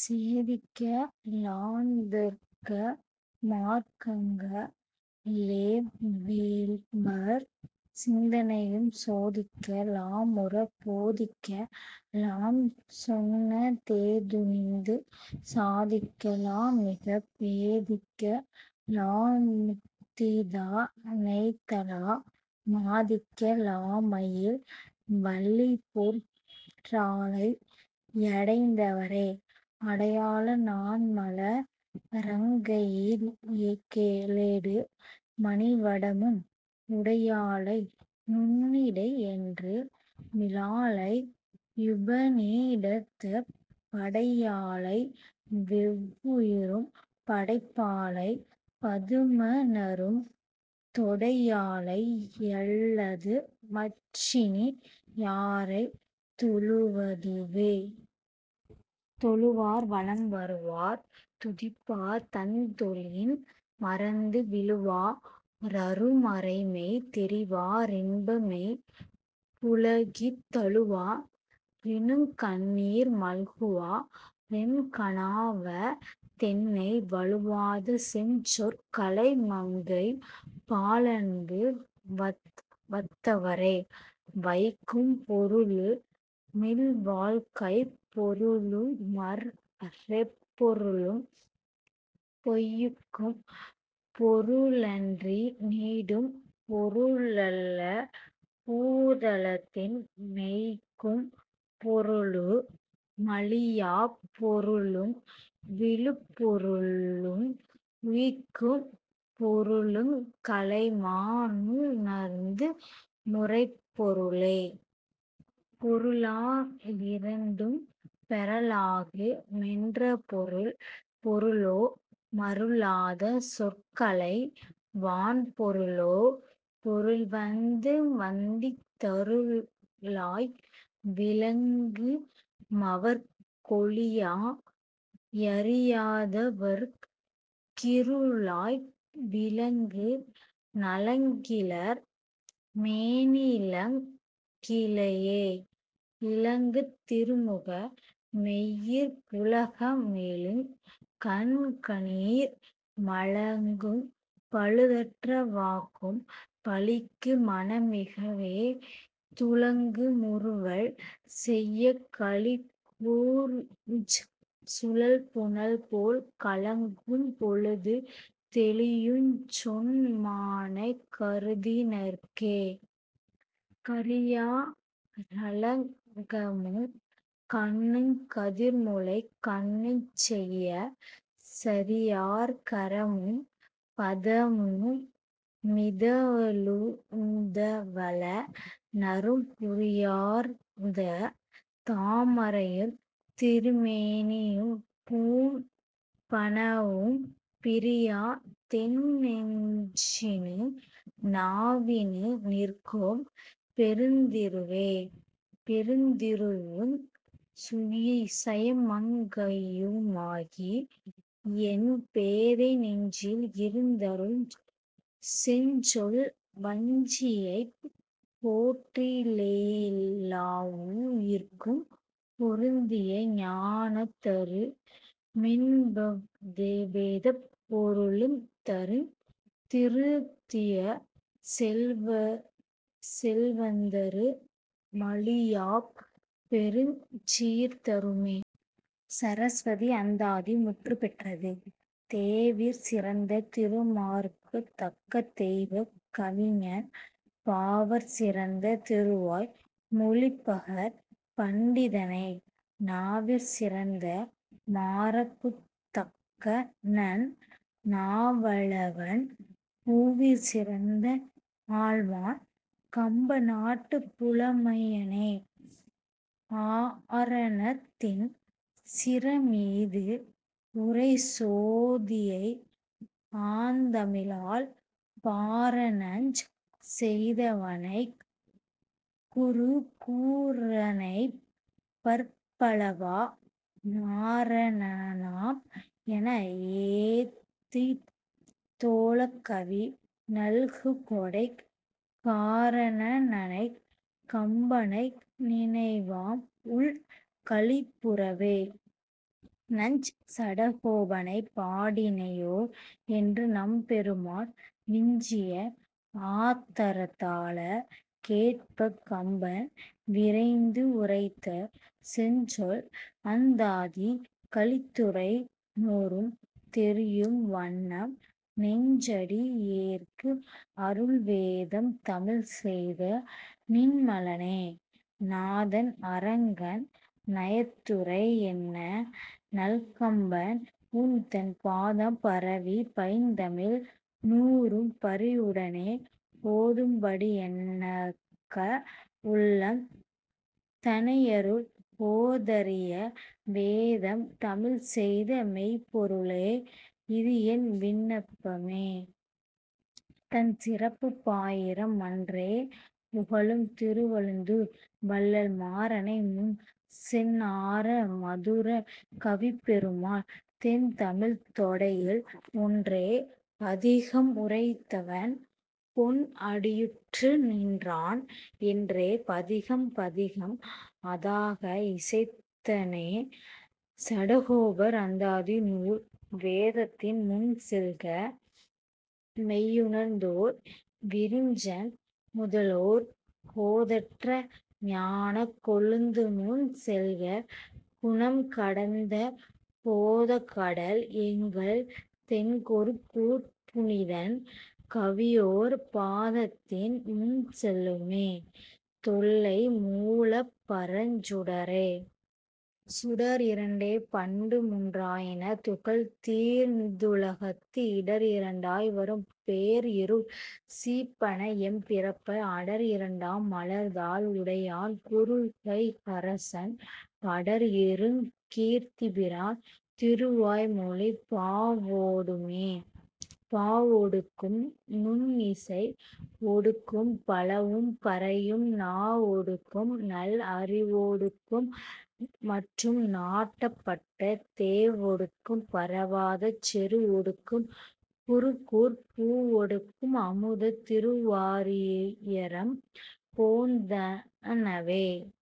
சேதிக்க லாந்தர்க்க மார்க்கங்க ளெவ்வெவர் சிந்தனையும் சோதிக்க லாமுறப் போதிக்க லாம்சொன்ன தேதுணிந்து சாதிக்க லாமிகப் பேதிக்க லாமுத்திதா னெய்தலா மாதிக்க லாமயில் வல்லிபொற் றாளை யடைந்தவரே. அடையாள நாண்மல ரங்கையி லேடு மணிவடமும் உடையாளை நுண்ணிடை யன்று மிலாளை யுபநிடதப் படையாளை யெவ்வுயிரும் படைப்பாளைப் பதுமநறும் தொடையாளை யல்லது மற்றினி யாரைத் தொழுவதுவே. தொழுவார் வலம்வருவார் துதிப்பார் தந்தொழின் மறந்து விழுவா ரருமறைமெய் தெரிவா ரின்பமெய் புளகித் தழுவா ரினுங்கண்ணீர் மல்குவா ரென்கணாவ தென்னை வழுவாத செஞ்சொற் கலைமங்கை பாலன்பு வத்தவரே. வைக்கும் பொருளு மில்வாழ்க்கைப் பொருளுமற் றெப்பொருளும் பொய்க்கும் பொருளன்றி நீடும் பொருளல்ல பூதலத்தின் மெய்க்கும் பொருளு மழியாப் பொருளும் விழுப்பொருளும் உய்க்கும் பொருளுங் கலைமா னுணர்த்து முரைப்பொருளே. பொருளா லிரண்டும் பெறலாகு மென்றபொருள் பொருளோ மருளாத சொற்கலை வான்பொருளோ பொருள் வந்துவந்தித் தருளாய் விளங்கு மவர்க் கொளியா யறியாதவருக் கிருளாய் விளங்கு நலங்கிளர் மேனியிலங் கிழையே. இலங்குந் திருமுக மெய்யிற் புளகமெழுங் கண்கணீர் மலங்கும் பழுதற்ற வாக்கும் பலிக்கு மனமிகவே துலங்கு முறுவல் செயக் களிகூருஞ் சுழல்புனல்போல் கலங்கும் பொழுது தெளியுஞ் சொன்மானைக் கருதினர்க்கே. கரியா ரளகமுங் கண்ணுங் கதிர்முலைக் கண்ணுஞ்செய்ய சரியார் கரமும் பதமு மிதழுந்தவள நறும் புரியார்ந்த தாமரையுந் திருமேனி யும்பூண் பனவும் பிரியா தென்னெஞ்சினு நாவினு நிற்கும் பெருந்திருவே. பெருந்திருவுஞ் சயமங் கையுமாகி யென்பேதை நெஞ்சில் இருந்தருளுஞ் செஞ்சொல் வஞ்சியைப் போற்றிலெல்லாவுயிர்க்கும் பொருந்திய ஞானந்தரு மின்பவேதப் பொருளுந் தருந் திருந்திய செல்வந்தரு மழியாப் பெருஞ் சீர்தருமே. சரஸ்வதி அந்தாதி முற்றுப்பெற்றது. தேவிற் சிறந்த திருமாற்குத் தக்கதெய்வக் கவிஞன் பாவாற் சிறந்த திருவாய் மொழிபகர் பண்டிதனே நாவிற் சிறந்த மாறற் குத் தக்கநன் நாவலவன் பூவிற் சிறந்த ஆழ்வான் கம்பநாட்டுப் புலமையனே. ஆரணத் தின் சிரமீது உறை சோதியை ஆந்தமிழால் பாரணஞ் செய்தவனைக் குரு கூரனைப் பற்பலவா நாரணனாம் என ஏத்தித் தொழக் கவி நல்குகொடைக் காரணனைக் கம்பனைக் நினைவாம் உள் களிப்புறவே. நஞ் சடகோபனைப் பாடினையோ என்று நம்பெருமாள் விஞ்சிய ஆதரத்தால கேட்பக் கம்பன் விரைந்து உரைத்த செஞ்சொல் அந்தாதி கலித்துறை நூறும் தெரியும் வண்ணம் நெஞ்சடி யேற்கு அருள் வேதம் தமிழ்செய்த நின்மலனே. நாதன் அரங்கன் நயத்துரை என்ன நல் கம்பன் உன்தன் பாதம் பரவி பைந்தமிழ் நூறும் பரிவுடனே ஓதும்படி எனக்க உள்ளம் தனையருள் ஓதரிய வேதம் தமிழ்செய்த மெய்ப்பொருளே இதுஎன் விண்ணப்பமே. தன் சிறப்புப் பாயிரம் மன்றே புகழும் திருவழுந்தூர் வள்ளல் மாறனை முன் சென்ஆற மதுர கவிப்பெருமாள் தென்தமிழ்த் தொடையில் ஒன்றே பதிகம் உரைத்தவன் பொன்அடியுற்று நின்றான் என்றே பதிகம் பதிகம் அதாக இசைத்தனனே. சடகோபர் அந்தாதி நூல் வேதத்தின் முன்செல்க மெய்யுணர்தோர் விரிஞ்சன் முதலோர் கோதற்ற ஞானக் கொழுந்துமுன் செல்க குணம்கடந்த போதக்கடல் எங்கள் தென்குரு கூர்ப் புனிதன் கவிஓர் பாதத்தின் முன்செல்லுமே தொல்லை மூலப் பரஞ்சுடரே. சுடர் இரண்டே பண்டு முன்றாயின துகள், தீர்ந்துலகத்து இடர் இரண்டாய் வரும் பேர்இருள் சீப்பன எம் பிறப்பை அடர்இரண்டாம் மலர்தாள் உடையான் குருகைக்கரசன் படர்இருங் கீர்த்திபிரான் திருவாய்மொழிப் பாவொடுமே. பாவொடுக்கும் நுண் இசை ஒடுக்கும் பலவும் பறையும் நாவொடுக்கும் நல் அறிவொடுக்கும் மற்றும் நாட்டப்பட்ட தேவொடுக்கும் பரவாதச் செரு ஒடுக்கும் குருகூர்ப் பூவொடுக்கும் அமுதத் திருவாரியரம் போந்தனவே.